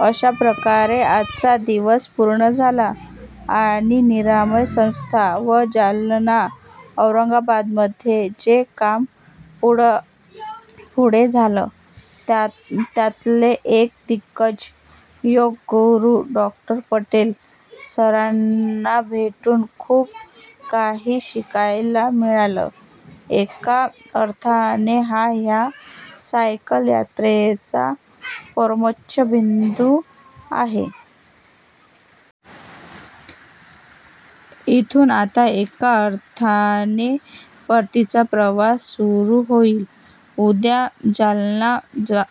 अशा प्रकारे पाचवा दिवस पूर्ण झाला आणि निरामय संस्था व जालना- औरंगाबादमध्ये जे काम पुढे झालं, त्यातले एक दिग्गज योग गुरू डॉ. पटेल सरांना भेटून खूप काही शिकायला मिळालं. एका अर्थाने हा ह्या सायकल यात्रेचा परमोच्च बिंदू आहे. इथून आता एका अर्थाने परतीचा प्रवास सुरू होईल. उद्या जालनाला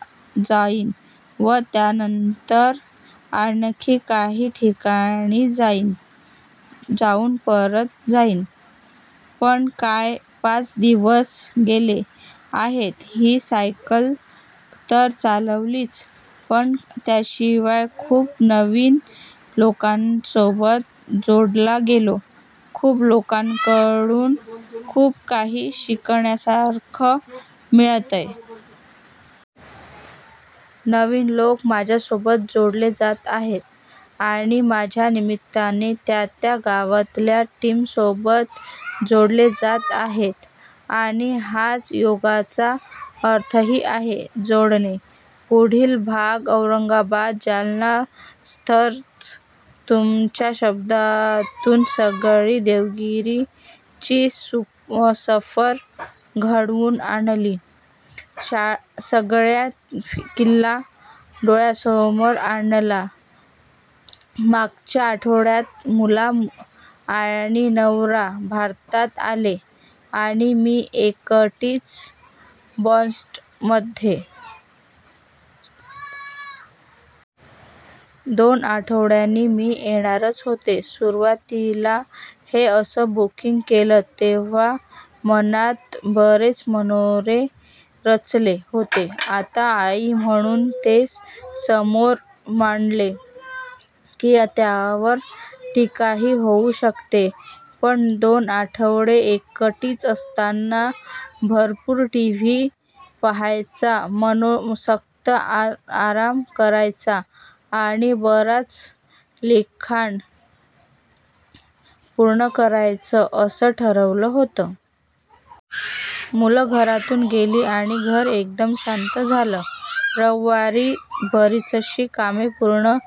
जाईन व त्यानंतर आणखी काही ठिकाणी जाऊन परत जाईन. पण काय पाच दिवस गेले आहेत हे! सायकल तर चालवलीच, पण त्याशिवाय खूप नवीन लोकांसोबत जोडला गेलो; खूप लोकांकडून खूप काही शिकण्यासारखं मिळतंय. नवीन लोक माझ्यासोबत जोडले जात आहेत आणि माझ्या निमित्ताने त्या त्या गावातल्या टीमसोबत जोडले जात आहेत! आणि हाच योगाचा अर्थही आहे- जोडणे! पुढील भाग: औरंगाबाद- जालनामस्तच! तुमच्या शब्दातून सगळी देविगिरी ची सफर घडवून आणली सगळा किल्ला डोळ्यासमोर आणला मागच्या आठवड्यात मुलं आणि नवरा भारतात आले आणि मी एकटीच बॉस्टनमध्ये. दोन आठवड्यानी मी येणारच होते. सुरुवातीला हे असं बुकींग केलं तेंव्हा मनात बरेच मनोरे रचले होते. आता 'आई' म्हणून ते समोर मांडले की त्यावर टीकाही होऊ शकते पण दोन आठवडे एकटीच असताना भरपूर टीव्ही पाहायचा, मनोसक्त आराम करायचा आणि बरेच लिखाण पूर्ण करायचे असं ठरवलं होतं. मुलं घरातून गेली आणि घर एकदम शांत झालं. रविवारी बरीचशी कामे पूर्ण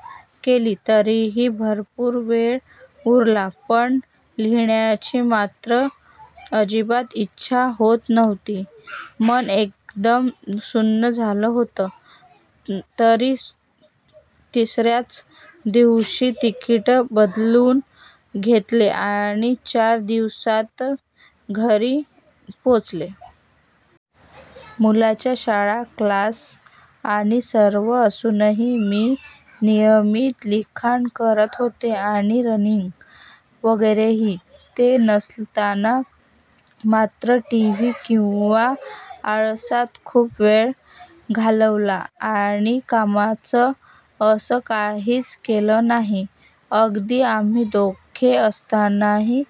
केली. तरीही भरपूर वेळ उरला. पण लिहिण्याची मात्र अजिबात इच्छा होत नव्हती. मन एकदम सुन्न झालं होतं. तिसऱ्याच दिवशी तिकीट बदलून घेतलं आणि चार दिवसांत घरी पोचले. मुलांच्या शाळा, क्लास आणि सर्व असूनही मी नियमित लिखाण करत होते आणि रनिंग वगैरेही. ते नसताना मात्र टीव्ही किंवा आळसात खूप वेळ घालवला आणि कामाचं असं काहीच केलं नाही. अगदी आम्ही दोघे असतानाही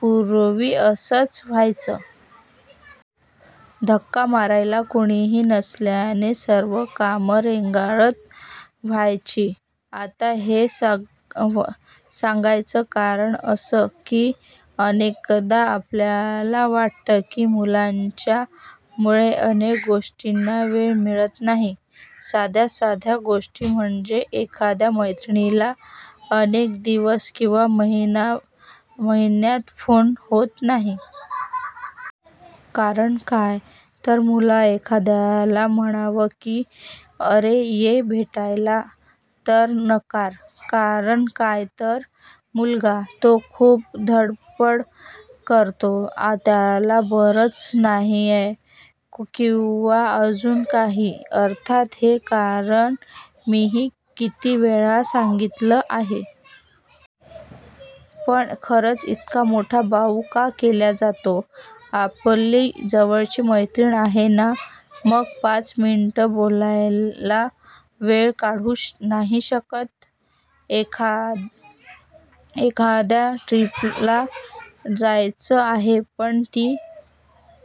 पूर्वी असंच व्हायचं. धक्का मारायला कुणीही नसल्याने सर्व कामं रेंगाळत व्हायची. आता हे सांगायचं कारण असं की अनेकदा आपल्याला वाटतं की मुलांच्या मुळे अनेक गोष्टींना वेळ मिळत नाही. साध्या साध्या गोष्टी म्हणजे, एखाद्या मैत्रिणीला अनेक दिवस किंवा महिन्यांत फोन होत नाही. कारण काय? तर मुलं! एखाद्याला म्हणावं की 'अरे ये भेटायला' तर नकार, कारण काय तर, मुलगा. तो खूप धडपड करतो, त्याला बरंच नाहीये किंवा अजून काही. अर्थात हे कारण मीही काही वेळा सांगितलं आहे. पण खरंच इतका मोठा बाऊ का केला जातो? आपली जवळची मैत्रीण आहे ना? मग पाच मिनिट बोलायला वेळ काढू नाही शकत? एखाद्या ट्रिप ला जायचं आहे. पण ती